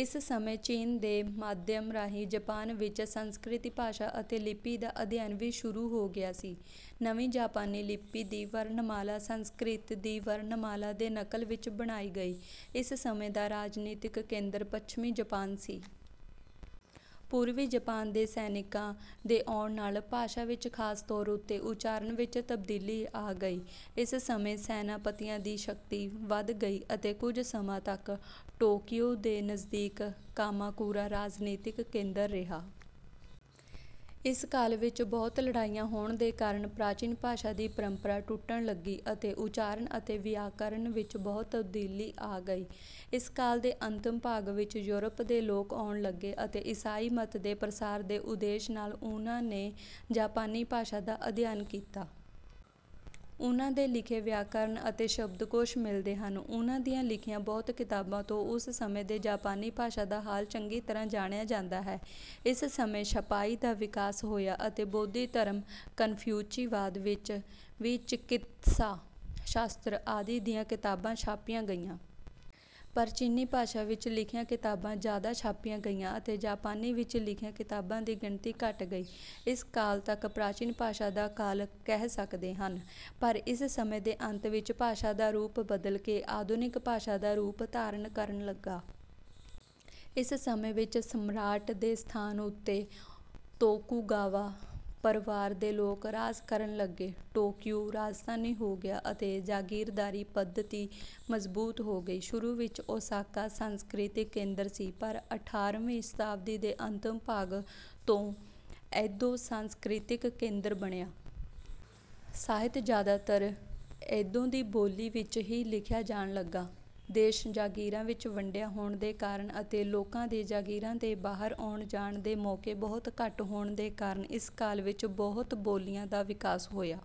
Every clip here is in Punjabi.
ਇਸ ਸਮੇਂ ਚੀਨ ਦੇ ਮਾਧਿਅਮ ਰਾਹੀਂ ਜਾਪਾਨ ਵਿੱਚ ਸੰਸਕ੍ਰਿਤ ਭਾਸ਼ਾ ਅਤੇ ਲਿਪੀ ਦਾ ਅਧਿਅਨ ਵੀ ਸ਼ੁਰੂ ਹੋ ਗਿਆ ਸੀ। ਨਵੀਂ ਜਾਪਾਨੀ ਲਿਪੀ ਦੀ ਵਰਨਮਾਲਾ ਸੰਸਕ੍ਰਿਤ ਦੀ ਵਰਨਮਾਲਾ ਦੇ ਨਕਲ ਵਿੱਚ ਬਣਾਈ ਗਈ। ਇਸ ਸਮੇਂ ਦਾ ਰਾਜਨੀਤਕ ਕੇਂਦਰ ਪੱਛਮੀ ਜਾਪਾਨ ਸੀ। ਪੂਰਵੀ ਜਾਪਾਨ ਦੇ ਸੈਨਿਕਾਂ ਦੇ ਆਉਣ ਨਾਲ ਭਾਸ਼ਾ ਵਿੱਚ ਖਾਸ ਤੌਰ ਉੱਤੇ ਉੱਚਾਰਣ ਵਿੱਚ ਤਬਦੀਲੀ ਆ ਗਈ। ਇਸ ਸਮੇਂ ਸੈਨਾਪਤੀਆਂ ਦੀ ਸ਼ਕਤੀ ਵੱਧ ਗਈ ਅਤੇ ਕੁੱਝ ਸਮਾਂ ਤੱਕ ਟੋਕੀਉ ਦੇ ਨਜ਼ਦੀਕ ਕਾਮਾਕੁਰਾ ਰਾਜਨੀਤਕ ਕੇਂਦਰ ਰਿਹਾ। ਇਸ ਕਾਲ ਵਿੱਚ ਬਹੁਤ ਲੜਾਈਆਂ ਹੋਣ ਦੇ ਕਾਰਨ ਪ੍ਰਾਚੀਨ ਭਾਸ਼ਾ ਦੀ ਪਰੰਪਰਾ ਟੁੱਟਣ ਲੱਗੀ ਅਤੇ ਉੱਚਾਰਨ ਅਤੇ ਵਿਆਕਰਨ ਵਿੱਚ ਬਹੁਤ ਤਬਦੀਲੀ ਆ ਗਈ। ਇਸ ਕਾਲ ਦੇ ਅੰਤਮ ਭਾਗ ਵਿੱਚ ਯੂਰਪ ਦੇ ਲੋਕ ਆਉਣ ਲੱਗੇ ਅਤੇ ਈਸਾਈ ਮਤ ਦੇ ਪ੍ਰਸਾਰ ਦੇ ਉਦੇਸ਼ ਨਾਲ ਉਨ੍ਹਾਂ ਨੇ ਜਾਪਾਨੀ ਭਾਸ਼ਾ ਦਾ ਅਧਿਐਨ ਕੀਤਾ। ਉਨ੍ਹਾਂ ਦੇ ਲਿਖੇ ਵਿਆਕਰਨ ਅਤੇ ਸ਼ਬਦਕੋਸ਼ ਮਿਲਦੇ ਹਨ। ਉਨ੍ਹਾਂ ਦੀਆਂ ਲਿਖੀਆਂ ਬਹੁਤ ਕਿਤਾਬਾਂ ਤੋਂ ਉਸ ਸਮੇਂ ਦੀ ਜਾਪਾਨੀ ਭਾਸ਼ਾ ਦਾ ਹਾਲ ਚੰਗੀ ਤਰ੍ਹਾਂ ਜਾਣਿਆ ਜਾਂਦਾ ਹੈ। ਇਸ ਸਮੇਂ ਛਪਾਈ ਦਾ ਵਿਕਾਸ ਹੋਇਆ ਅਤੇ ਬੋਧੀ ਧਰਮ, ਕਨਫਿਊਚੀਵਾਦ, ਵਿੱਚ ਵੀ ਚਿਕਿਤਸਾ ਸ਼ਾਸਤਰ ਆਦਿ ਦੀਆਂ ਕਿਤਾਬਾਂ ਛਾਪੀਆਂ ਗਈਆਂ। ਪਰ ਚੀਨੀ ਭਾਸ਼ਾ ਵਿੱਚ ਲਿਖੀਆਂ ਕਿਤਾਬਾਂ ਜਿਆਦਾ ਛਾਪੀਆਂ ਗਈਆਂ ਅਤੇ ਜਾਪਾਨੀ ਵਿੱਚ ਲਿਖੀਆਂ ਕਿਤਾਬਾਂ ਦੀ ਗਿਣਤੀ ਘੱਟ ਰਹੀ। ਇਸ ਕਾਲ ਤੱਕ ਪ੍ਰਾਚੀਨ ਭਾਸ਼ਾ ਦਾ ਕਾਲ ਕਹਿ ਸਕਦੇ ਹਨ। ਪਰ ਇਸ ਸਮੇਂ ਦੇ ਅੰਤ ਵਿੱਚ ਭਾਸ਼ਾ ਦਾ ਰੂਪ ਬਦਲਕੇ ਆਧੁਨਿਕ ਭਾਸ਼ਾ ਦਾ ਰੂਪ ਧਾਰਨ ਕਰਨ ਲਗਾ। ਇਸ ਸਮੇਂ ਵਿੱਚ ਸਮਰਾਟ ਦੇ ਸਥਾਨ ਉੱਤੇ ਤੋਕੁਗਾਵਾ ਪਰਵਾਰ ਦੇ ਲੋਕ ਰਾਜ ਕਰਨ ਲੱਗੇ, ਟੋਕੀਉ ਰਾਜਧਾਨੀ ਹੋ ਗਿਆ ਅਤੇ ਜਾਗੀਰਦਾਰੀ ਪੱਧਤੀ ਮਜ਼ਬੂਤ ਹੋ ਗਈ। ਸ਼ੁਰੂ ਵਿੱਚ ਓਸਾਕਾ ਸਾਂਸਕ੍ਰਿਤਕ ਕੇਂਦਰ ਸੀ ਪਰ ਅਠਾਰਵੀਂ ਸ਼ਤਾਬਦੀ ਦੇ ਅੰਤਮ ਭਾਗ ਤੋਂ ਏਦੋ ਸਾਂਸਕ੍ਰਿਤਕ ਕੇਂਦਰ ਬਣਿਆ। ਸਾਹਿਤ ਜਿਆਦਾਤਰ ਏਦੋ ਦੀ ਬੋਲੀ ਵਿੱਚ ਹੀ ਲਿਖਿਆ ਜਾਣ ਲਗਾ। ਦੇਸ਼ ਜਾਗੀਰਾਂ ਵਿੱਚ ਵੰਡਿਆ ਹੋਣ ਦੇ ਕਾਰਨ ਅਤੇ ਲੋਕਾਂ ਦੇ ਜਾਗੀਰਾਂ ਦੇ ਬਾਹਰ ਆਉਣ ਜਾਣ ਦੇ ਮੌਕੇ ਬਹੁਤ ਘੱਟ ਹੋਣ ਦੇ ਕਾਰਨ ਇਸ ਕਾਲ ਵਿੱਚ ਬਹੁਤ ਬੋਲੀਆਂ ਦਾ ਵਿਕਾਸ ਹੋਇਆ।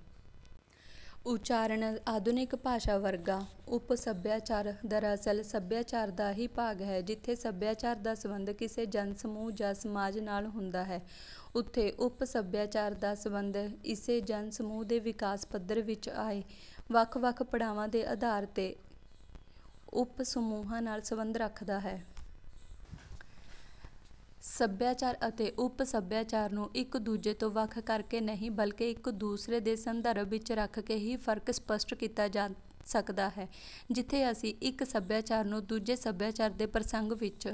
ਉੱਚਾਰਣ ਆਧੁਨਿਕ ਭਾਸ਼ਾ ਵਰਗਾ। ਉਪ ਸਭਿਆਚਾਰ ਦਰਅਸਲ ਸਭਿਆਚਾਰ ਦਾ ਹੀ ਭਾਗ ਹੈ। ਜਿੱਥੇ ਸਭਿਆਚਾਰ ਦਾ ਸਬੰਧ ਕਿਸੇ ਜਨ-ਸਮੂਹ ਜਾਂ ਸਮਾਜ ਨਾਲ ਹੁੰਦਾ ਹੈ ਉੱਥੇ ਉਪ-ਸਭਿਆਚਾਰ ਦਾ ਸਬੰਧ ਇਸੇ ਜਨ-ਸਮੂਹ ਦੇ ਵਿਕਾਸ ਪੱਧਰ ਵਿੱਚ ਆਏ, ਵੱਖ-ਵੱਖ ਪੜਾਵਾਂ ਦੇ ਆਧਾਰ ਤੇ ਉਪ-ਸਮੂਹਾਂ ਨਾਲ ਸਬੰਧ ਰੱਖਦਾ ਹੈ। ਸਭਿਆਚਾਰ ਅਤੇ ਉਪ-ਸਭਿਆਚਾਰ ਨੂੰ ਇਕ ਦੂਜੇ ਤੋਂ ਵੱਖ ਕਰਕੇ ਨਹੀਂ ਬਲਕਿ ਇਕ ਦੂਸਰੇ ਦੇ ਸੰਦਰਭ ਵਿੱਚ ਰੱਖਕੇ ਹੀ ਫਰਕ ਸਪੱਸ਼ਟ ਕੀਤਾ ਜਾ ਸਕਦਾ ਹੈ। ਜਿੱਥੇ ਅਸੀਂ ਇਕ ਸਭਿਆਚਾਰ ਨੂੰ ਦੂਜੇ ਸਭਿਆਚਾਰ ਦੇ ਪ੍ਰਸੰਗ ਵਿੱਚ